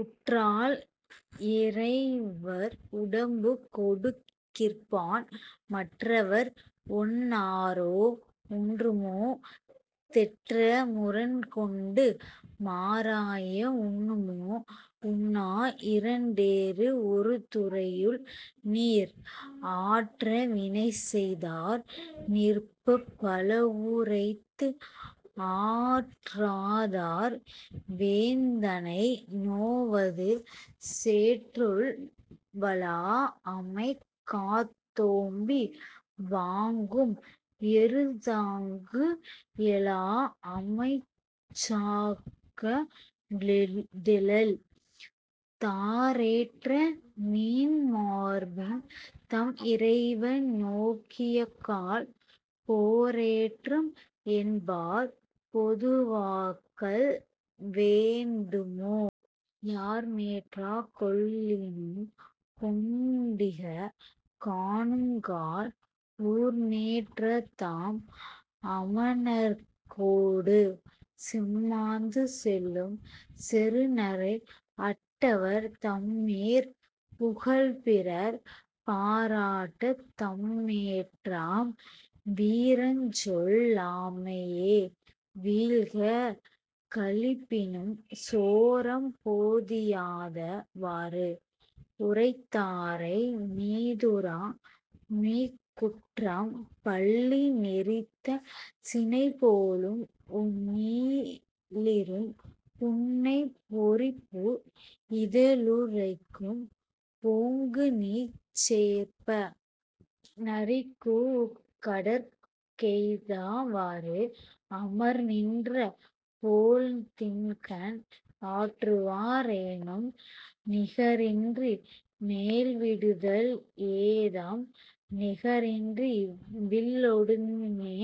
உற்றால் இறைவற் உடம்பு கொடுக்கிற்பான் மற்றவற் ஒன்னாரோ ஒன்றுமோ தெற்ற முரண்கொண்டு மாறாய உண்ணுமோ 'உண்ணா இரண்டேறு ஒருதுறையுள் நீர்'. ஆற்ற வினைசெய்தார் நிற்பப் பலவுரைத்து ஆற்றாதார் வேந்தனை நோவது சேற்றுள் வழாஅமைக் காத்தோம்பி 'வாங்கும் எருதாங்கு எழாஅமைச் சாக்கா டெழல்'. தாரேற்ற நீண்மார்பின் தம்இறைவன் நோக்கியக்கால் போரேற்றும் என்பார் பொதுவாக்கல் வேண்டுமோ? யார்மேற்றாக் கொள்ளினும் கொண்டீக காணுங்கால் 'ஊர்மேற்ற தாம்அமணர்க் ஓடு'. செம்மாந்து செல்லும் செறுநரை அட்டவர் தம்மேற் புகழ்பிறர் பாராட்டத் தம்மேற்றாம் வீரஞ்சொல் லாமையே வீழ்க களிப்பினும் 'சோரம் பொதியாத வாறு'. உரைத்தாரை மீதுரா மீக்கூற்றம் பல்லி நெரித்த சினைபோலும் நீளிரும் புன்னைப் பொரிப்பூ இதழுறைக்கும் பொங்குநீர்ச் சேர்ப்ப! 'நரிக்கூஉக் கடற்கெய்தா வாறு'. அமர்நின்ற போழ்தின்கண் ஆற்றுவா ரேனும் நிகரின்றி மேல்விடுதல் ஏதம் நிகரின்றி வில்லொடுநே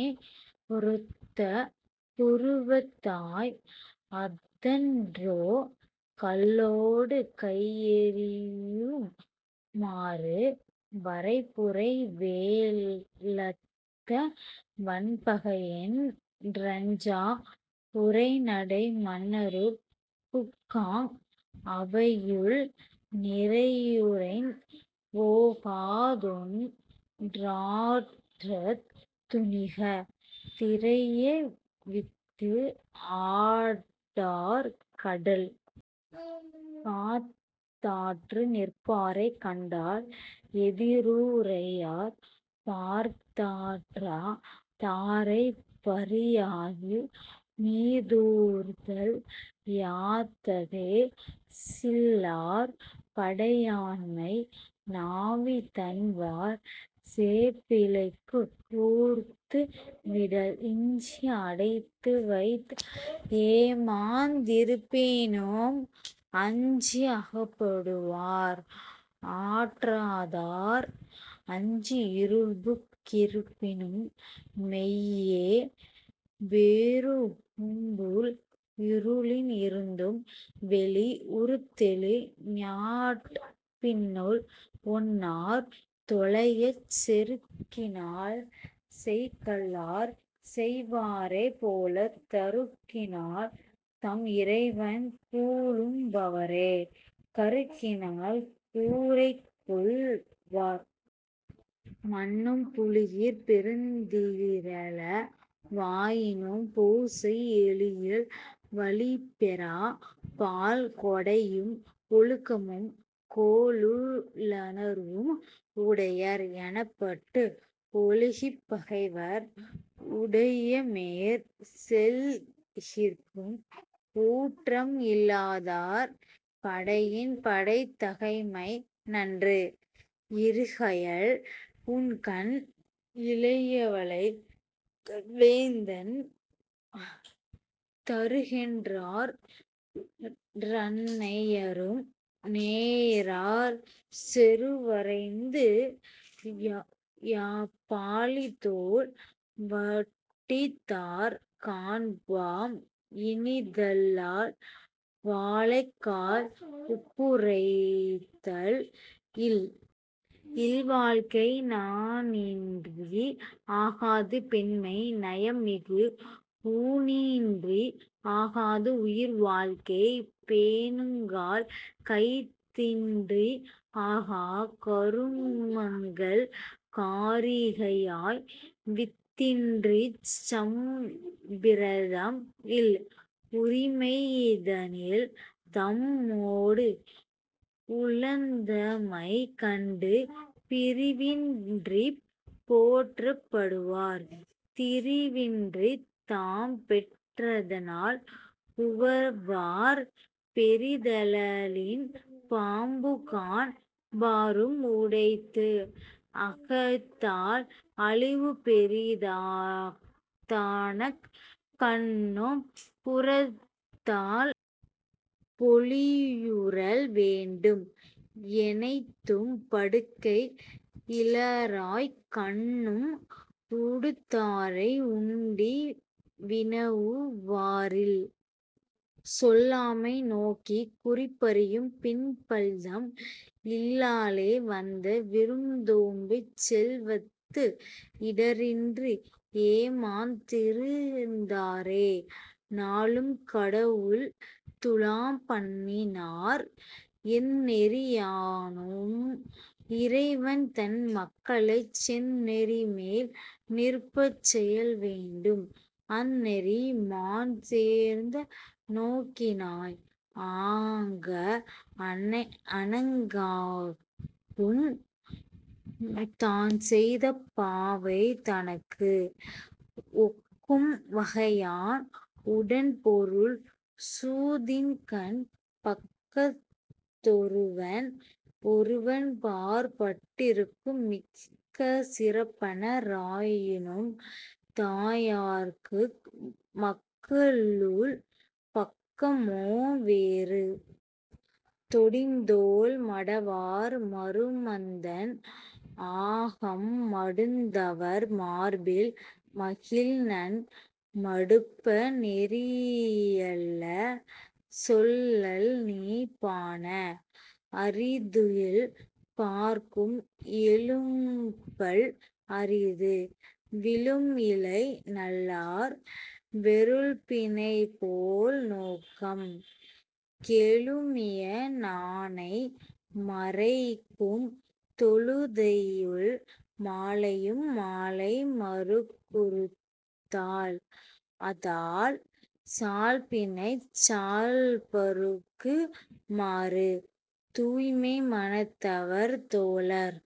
ரொத்த புருவத்தாய்! அஃதன்றோ 'கல்லொடு கையெறியு மாறு'. வரைபுரை வேழத்த வன்பகையென் றஞ்சா உரைநடை மன்னருள் புக்காங் அவையுள் நிரையுரைத்துப் போகாதொன் றாற்றத் துணிக 'திரையவித்து ஆடார் கடல்'. காத்தாற்று நிற்பாரைக் கண்டால் எதிருரையார் பார்த்தாற்றா தாரைப் பரியாது மீதூர்தல் யாத்ததே சில்லார் படையாண்மை 'நாவிதன்வாள் சேப்பிலைக்குக் கூர்த்து விடல்' இஞ்சி அடைத்துவைத் ஏமாந் இருப்பினும் அஞ்சி அகப்படுவார் ஆற்றாதார் அஞ்சி இருள்புக் கிருப்பினும் மெய்யே வெரூஉம்புள் 'இருளின் இருந்தும் வெளி'. உருத்தெழு ஞாட்பினுள் ஒன்னார் தொலையச் செருக்கினால் செய்கல்லார் செய்வாரே போலத் தருக்கினால் தம் இறைவன் கூழுண் பவரே 'கருக்கினால் கூறைகொள் வார்'. மன்னும் புலியிற் பெருந்திறல வாயினும் 'பூசை எலியில் வழிப்பெறா பால்'. கொடையும் ஒழுக்கமும் கோளுள் ளுணர்வும் உடையர் எனப்பட்டு ஒழுகிப் பகைவர் உடையமேற் செல்கிற்கும் ஊற்றம் இலாதார் 'படையின் படைத்தகைமை நன்று'. இருகயல் உண்கண் இளையவளை வேந்தன் தருகென்றாற் றன்னையரும் நேரார் செருவறைந்து பாழித்தோள் வட்டித்தார் காண்பாம் இனிதல்லால் 'வாழைக்காய் உப்புறைத்தல் இல்'.. இல்வாழ்க்கை நாணின்றி ஆகாது பெண்மை நயமிகு ஊணின்றி ஆகாது உயிர்வாழ்க்கை பேணுங்கால் கைத்தின்றி ஆகா கருமங்கள் காரிகையாய்! 'வித்தின்றிச் சம்பிரதம் இல்'. உரிமைதனில் தம்மோடு உழந்தமை கண்டு பிரிவின்றிப் போற்றப் படுவார் திரிவின்றித் தாம்பெற் றதனால் உவவார் 'பெரிதகழின் பாம்புகாண் பாரும் உடைத்து'. அகத்தால் அழிவு பெரிதாயக் கண்ணும் புறத்தால் பொலிவுறல் வேண்டும் எனைத்தும் படுக்கை இலராயக் கண்ணும் 'உடுத்தாரை உண்டி வினவுவார் இல்'. சொல்லாமை நோக்கிக் குறிப்பறியும் பண்பில்தம் இல்லாளே வந்த விரும்தோம்பிச் செல்வத்து இடரின்றி ஏமாந் திருந்தாரே 'நாளும் கடலுள் துலாம்பண்ணி னார்'. எந்நெறி யானும் இறைவன்தன் மக்களைச் செந்நெறிமேல் நிற்பச் செயல்வேண்டும் அந்நெறி மான்சேர்ந்த நோக்கினாய்! ஆங்க 'அணங்காகும் தான்செய்த பாவை தனக்கு'. ஒக்கும் வகையான் உடன்பொருள் சூதின்கண் பக்கத் தொருவன் ஒருவன்பாற் பட்டிருக்கும் மிக்க சிறப்பின ராயினும் 'தாயார்க்கு மக்களுள் பக்கமோ வேறு'. தொடித்தோள் மடவார் மருமந்தன் ஆகம் மடுத்அவர் மார்பில் மகிழ்நன் மடுப்ப நெறியல்ல சொல்லல்நீ பாண! 'அறிதுயில் யார்க்கும் எழுப்பல் அரிது'. விழும்இழை நல்லார் வெருள்பிணைபோல் நோக்கம் கெழுமிய நாணை மறைக்கும் தொழுதையுள் மாலையும் மாலை மறுக்குறுத்தாள் அஃதால் 'சால்பினைச் சால்பறுக்கு மாறு'. தூய்மை மனத்தவர் தோழர்